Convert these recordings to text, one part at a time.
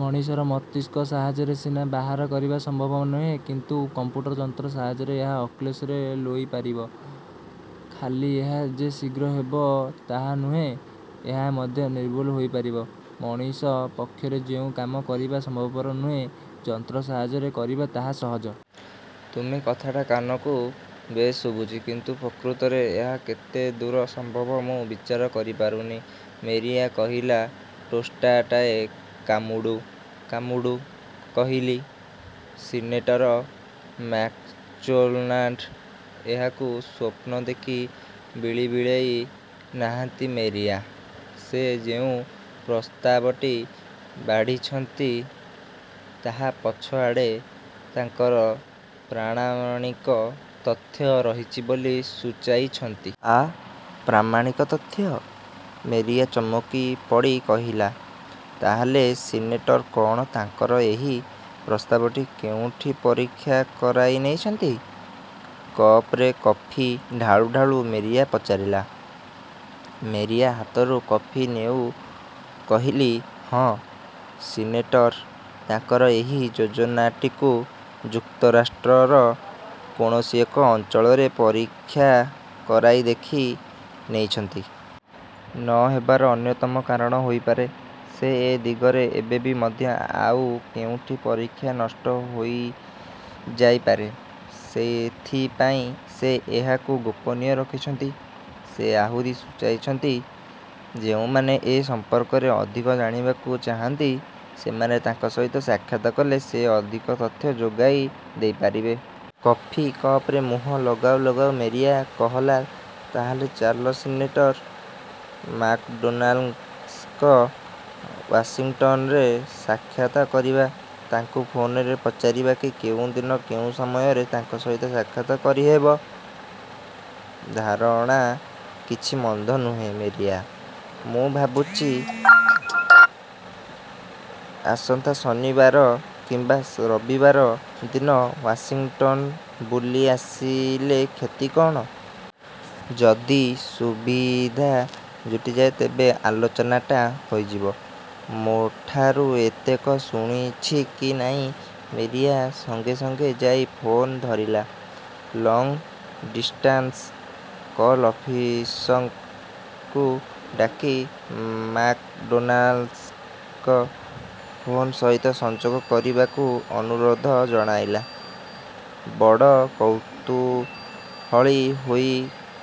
ମଣିଷର ମସ୍ତିଷ୍କ ସାହାଯ୍ୟରେ ସିନା ବାହାର କରିବା ସମ୍ଭବ ନୁହେଁ କିନ୍ତୁ କଂପ୍ୟୁଟର ଯନ୍ତ୍ର ସାହାଯ୍ୟରେ ଏହା ଅକ୍ଳେଶରେ ଲୋଇପାରିବ। ଖାଲି ଏହା ଯେ ଶୀଘ୍ର ହେବ ତାନୁହେଁ ଏହା ମଧ୍ୟ ନିର୍ଭୁଲ ହୋଇପାରିବ। ମଣିଷ ପକ୍ଷରେ ଯେଉଁ କାମ କରିବା ସମ୍ଭବପର ନୁହେଁ ଯନ୍ତ୍ର ସାହାଯ୍ୟରେ କରିବା ତାହା ସହଜ। ତୁମେ କଥାଟା କାନକୁ ବେଶ୍ ଶୁଭୁଛି। କିନ୍ତୁ ପ୍ରକୃତରେ ଏହା କେତେ ଦୂର ସମ୍ଭବ ମୁଁ ବିଚାର କରିପାରୁନି? ମେରିଆ କହିଲା ଟୋଷ୍ଟାଟାଏ କାମୁଡ଼ୁ କାମୁଡ଼ୁ କହିଲି ସିନେଟର ମାକ୍ଚୋନାଣ୍ଟ ଏହାକୁ ସ୍ୱପ୍ନ ଦେଖି ବିଳିବିଳେଇ ନାହାଁନ୍ତି ମେରିଆ। ସେ ଯେଉଁ ପ୍ରସ୍ତାବଟି ବାଢ଼ିଛନ୍ତି ତାହା ପଛଆଡ଼େ ତାଙ୍କର ପ୍ରାଣାଣିକ ତଥ୍ୟ ରହିଛି ବୋଲି ସୁଚାଇଛନ୍ତି। ଆଃ ପ୍ରାମାଣିକ ତଥ୍ୟ? ମେରିଆ ଚମକି ପଡ଼ି କହିଲା ତାହେଲେ ସିନେଟର୍ କଣ ତାଙ୍କର ଏହି ପ୍ରସ୍ତାବଟି କେଉଁଠି ପରୀକ୍ଷା କରାଇ ନେଇଛନ୍ତି? କପରେ କଫି ଢାଳୁ ଢାଳୁ ମେରିଆ ପଚାରିଲା। ମେରିଆ ହାତରୁ କଫି ନେଉ କହିଲି ହଁ ସିନେଟର ତାଙ୍କର ଏହି ଯୋଜନାଟିକୁ ଯୁକ୍ତରାଷ୍ଟ୍ରର କୌଣସି ଏକ ଅଞ୍ଚଳରେ ପରୀକ୍ଷା କରାଇ ଦେଖି ନେଇଛନ୍ତି। ନ ହେବାର ଅନ୍ୟତମକାରଣ ହୋଇପାରେ ସେ ଏ ଦିଗରେ ଏବେବି ମଧ୍ୟ ଆଉ କେଉଁଠି ପରୀକ୍ଷା ନଷ୍ଟ ହୋଇଯାଇପାରେ। ସେଥିପାଇଁ ସେ ଏହାକୁ ଗୋପନୀୟ ରଖିଛନ୍ତି। ସେ ଆହୁରି ସୂଚାଇଛନ୍ତି ଯେଉଁମାନେ ଏ ସମ୍ପର୍କରେ ଅଧିକ ଜାଣିବାକୁ ଚାହାଁନ୍ତି ସେମାନେ ତାଙ୍କ ସହିତ ସାକ୍ଷାତ କଲେ ସେ ଅଧିକ ତଥ୍ୟ ଯୋଗାଇ ଦେଇପାରିବେ। କଫି କପରେ ମୁହଁ ଲଗାଉ ଲଗାଉ ମେରିଆ କହଲା ତାହେଲେ ଚାଲ ସିନେଟର ମାକ୍ଡୋନାଲସ୍ଙ୍କ ୱାସିଙ୍ଗଟନ୍ ରେ ସାକ୍ଷାତ କରିବା। ତାଙ୍କୁ ଫୋନ୍ ରେ ପଚାରିବାକି କେଉଁ ଦିନ କେଉଁ ସମୟରେ ତାଙ୍କ ସହିତ ସାକ୍ଷାତ କରି ହେବ? ଧାରଣା କିଛି ମନ୍ଦ ନୁହେଁ ମେରିଆ। ମୁଁ ଭାବୁଛି ଆସନ୍ତା ଶନିବାର କିମ୍ବା ରବିବାର ଦିନ ୱାସିଙ୍ଗଟନ୍ ବୁଲି ଆସିଲେ କ୍ଷତି କଣ? ଯଦି ସୁବିଧା ଜୁଟିଯାଏ ତେବେ ଆଲୋଚନାଟା ହୋଇଯିବ। ମୋଠାରୁ ଏତକ ଶୁଣିଛି କି ନାହିଁ ମେରିଆ ସଙ୍ଗେ ସଙ୍ଗେ ଯାଇ ଫୋନ୍ ଧରିଲା। ଲଙ୍ଗ୍ ଡିଷ୍ଟାନସ୍ କଲ୍ ଅଫିସଙ୍କୁ ଡାକି ମାକ୍ଡୋନାଲସ୍ଙ୍କ ଫୋନ୍ ସହିତ ସଂଯୋଗ କରିବାକୁ ଆନୁରୋଧ ଜଣାଇଲା। ବଡ଼ କୌତୂହଳୀ ହୋଇ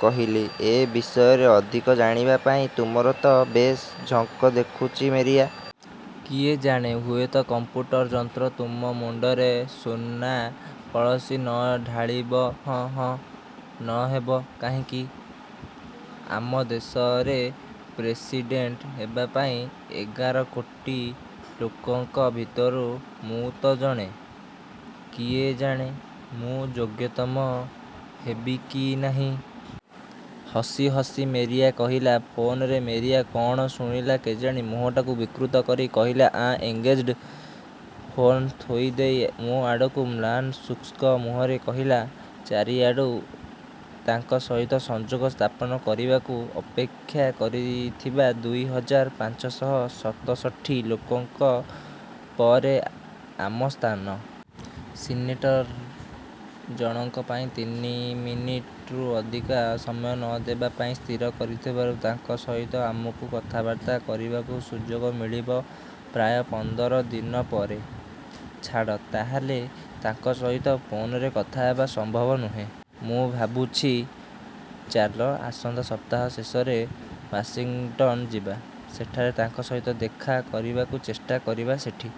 କହିଲି ଏ ବିଷୟରେ ଅଧିକ ଜାଣିବା ପାଇଁ ତୁମର ତ ବେଶ୍ ଝଙ୍କ ଦେଖୁଛି ମେରିଆ। କିଏ ଜାଣେ ହୁଏତ କଂପ୍ୟୁଟର ଯନ୍ତ୍ର ତୁମ ମୁଣ୍ଡରେ ସୁନା କଳସୀ ନ ଢାଳିବ ହଁ ହଁ ନ ହେବ କାହିଁକି? ଆମ ଦେଶରେ ପ୍ରେସିଡେଣ୍ଟ୍ ହେବା ପାଇଁ ଏଗାର କୋଟି ଲୋକଙ୍କ ଭିତରୁ ମୁଁ ତ ଜଣେ। କିଏ ଜାଣେ ମୁଁ ଯୋଗ୍ୟତମ ହେବି କି ନାହିଁ? ହସି ହସି ମେରିଆ କହିଲା। ଫୋନ୍ ରେ ମେରିଆ କଣ ଶୁଣିଲା କେଜାଣି ମୁହଁଟାକୁ ବିକୃତ କରି କହିଲା, ଆଁ ଏନଗେଜଡ୍? ଫୋନ୍ ଥୋଇ ଦେଇ ମୋ ଆଡ଼କୁ ମ୍ଳାନ୍ ଶୁଷ୍କ ମୁହରେ କହିଲା ଚାରିଆଡ଼ୁ ତାଙ୍କ ସହିତ ସଂଯୋଗ ସ୍ଥାପନ କରିବାକୁ ଅପେକ୍ଷା କରିଥିବା ଦୁଇ ହଜାର ପାଞ୍ଚଷହ ସତଷଠି ଲୋକଙ୍କ ପରେ ଆମ ସ୍ଥାନ। ସିନେଟର ଜଣଙ୍କ ପାଇଁ ତିନି ମିନିଟ୍ ରୁ ଅଧିକା ସମୟ ନ ଦେବା ପାଇଁ ସ୍ଥିର କରିଥିବାରୁ ତାଙ୍କ ସହିତ ଆମକୁ କଥାବାର୍ତ୍ତା କରିବାକୁ ସୁଯୋଗ ମିଳିବ ପ୍ରାୟ ପନ୍ଦର ଦିନ ପରେ। ଛାଡ଼ ତାହେଲେ ତାଙ୍କ ସହିତ ଫୋନ୍ ରେ କଥା ହେବା ସମ୍ଭବ ନୁହେଁ। ମୁଁ ଭାବୁଛି ଚାଲ ଆସନ୍ତା ସପ୍ତାହ ଶେଷରେ ୱାସିଙ୍ଗଟନ୍ ଯିବା। ସେଠାରେ ତାଙ୍କ ସହିତ ଦେଖା କରିବାକୁ ଚେଷ୍ଟା କରିବା ସେଠି